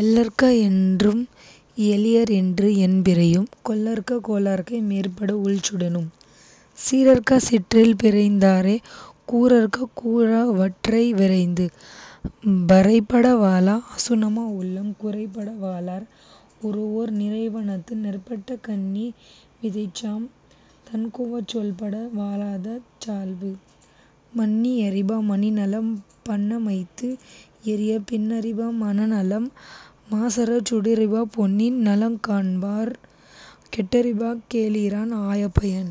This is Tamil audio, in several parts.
எள்ளற்க என்றும் எளியரென்று என்பெறினும் கொள்ளற்க கொள்ளார்கைம் மேற்பட உள்சுடினும் சீறற்க சிற்றிற் பிறந்தாரைக் கூறற்க கூறல் லவற்றை விரைந்து. பறைபட வாழா அசுணமா உள்ளங் குறைபட வாழார் உரவோர் நிறைவனத்து நெற்பட்ட கண்ணே வெதிர்சாம் தனக்கொவ்வாச் சொற்பட வாழாதாஞ் சால்பு. மண்ணி யறிப மணிநலம் பண்ணமைத்து ஏறிய பின்னறிப மாநலம் மாசறச் சுட்டறிப பொன்னின் நலங்காண்பார் கெட்டறிப கேளிரான் ஆய பயன்.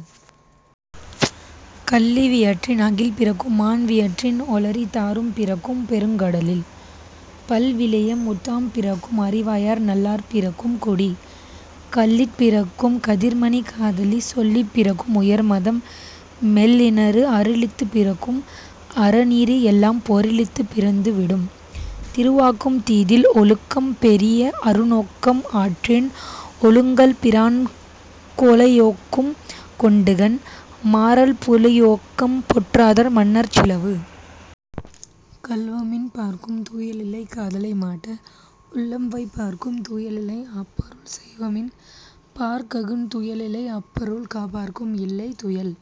கள்ளி வயிற்றின் அகில்பிறக்கும் மான்வயிற்றின் ஒள்ளரி தாரம் பிறக்கும் பெருங்கடலுள் பல்விலைய முத்தம் பிறக்கும் அறிவார்யார் நல்லாள் பிறக்குங் குடி. கல்லிற் பிறக்குங் கதிர்மணி காதலி சொல்லிற் பிறக்கும் உயர்மதம் மெல்லென்று அருளிற் பிறக்கும் அறநெறி எல்லாம் பொருளிற் பிறந்து விடும். திருவொக்கும் தீதில் ஒழுக்கம் பெரிய அறனொக்கும் ஆற்றின் ஒழுகல் பிறானக் கொலையொக்கும் கொண்டுகண் மாறல் புலையொக்கும் போற்றாதார் மன்னர்ச் செலவு. கள்வமென் பார்க்குந் துயிலில்லை காதலிமாட்டு உள்ளம்வைப் பார்க்குந் துயிலில்லை ஒண்பொருள் செய்வமென் பார்ககுந் துயிலில்லை அப்பொருள் காப்பார்க்கும் இல்லை துயில்.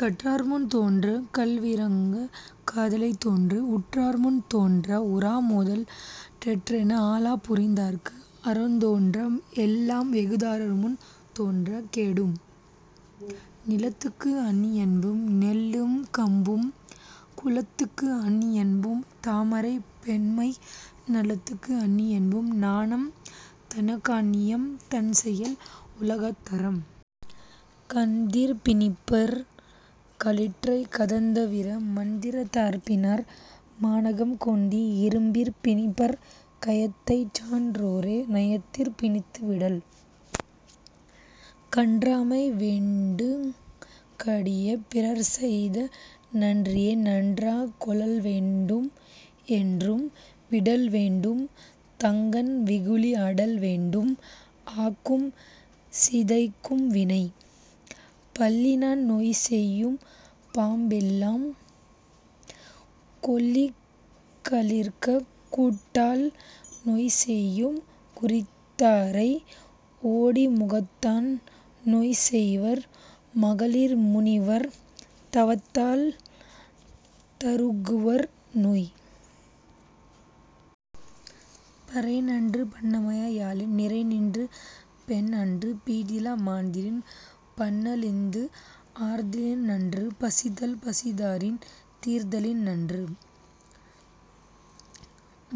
கற்றார்முன் தோன்றா கழிவிரக்கங் காதலித்தொன்று உற்றார்முன் தோன்றா உறாமுதல் தெற்றென அல்ல புரிந்தார்க்கு அறந்தோன்றா எல்லாம் வெகுண்டார்முன் தோன்றா கெடும். நிலத்துக்கு அணியென்ப நெல்லுங் கரும்பும் குளத்துக்கு அணியென்ப தாமரை பெண்மை நலத்துக்கு அணியென்ப நாணம் தனக்கணியாம் தான்செல் உலகத் தறம். கந்திற் பிணிப்பர் களிற்றைக் கதந்தவிர மந்திரத் தாற்பிணிப்பர் மாநாகம் கொந்தி இரும்பிற் பிணிப்பர் கயத்தைச்சான் றோரை நயத்திற் பிணித்து விடல். கன்றாமை வேண்டுங் கடிய பிறர்செய்த நன்றியை நன்றாக் கொளல்வேண்டும் என்றும் விடல்வேண்டும் தங்கண் வெகுளி அடல்வேண்டும் ஆக்கும் சிதைக்கும் வினை. பல்லினான் நோய்செய்யும் பாம்பெலாம் கொல்களிறு கோட்டால் நோய்செய்யும் குறித்தாரை ஊடி முகத்தான் நோய்செய்வர் மகளிர் முனிவர் தவத்தால் தருகுவர் நோய். பறைநன்று பண்ணமையா யாழின் நிறைநின்ற பெண்நன்று பீடிலா மாந்தரின் பண்அழிந்து ஆர்தலின்நன்று பசித்தல் பசைந்தாரின் தீர்தலின் தீப்புகுதல் நன்று.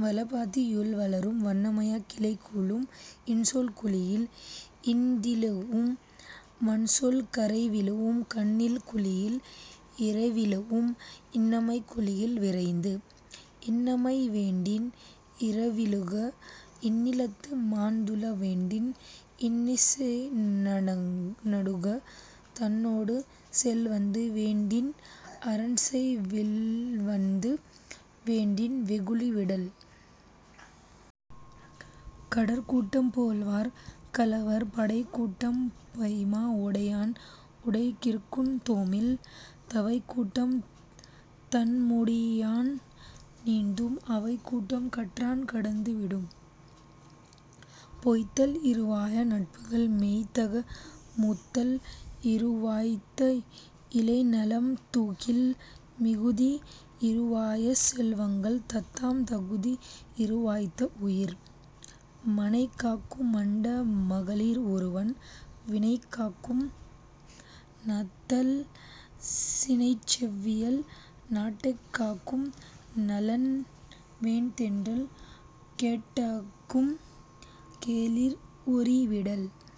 வளப்பாத்தி யுள்வளரும் வண்மை கிளைக்குழம் இன்சொற் குழியுள் இனிதெழூஉம் வன்சொல் கரவெழூஉங் கண்ணில் குழியுள் இரவெழூஉம் இன்மைக் குழியுள் விரைந்து. இன்னாமை வேண்டின் இரவெழுக இந்நிலத்து மன்னுதல் வேண்டின் இசைநடுக தன்னொடு செல்வது வேண்டின் அறஞ்செய்க வெல்வது வேண்டின் வெகுளி விடல். கடற்குட்டம் போழ்வர் கலவர் படைக்குட்டம் பாய்மா உடையான் உடைக்கிற்குந் தோமில் தவக்குட்டம் தன்னுடையான் நீந்தும் அவைக்குட்டம் கற்றான் கடந்து விடும். பொய்த்தல் இறுவாய நட்புகள் மெய்த்தாக மூத்தல் இறுவாய்த்து இளைநலம் தூக்கில் மிகுதி இறுவாய செல்வங்கள் தத்தம் தகுதி இறுவாய்த்து உயிர். மனைக்காக்கம் மாண்ட மகளிர் ஒருவன் வினைக்காக்கம் செவ்விய னாதல் சினச்செவ்வேல் நாட்டாக்கம் நல்லனிவ் வேந்தென்றல் கேட்டாக்கம் கேளிர் ஒரீஇ விடல்.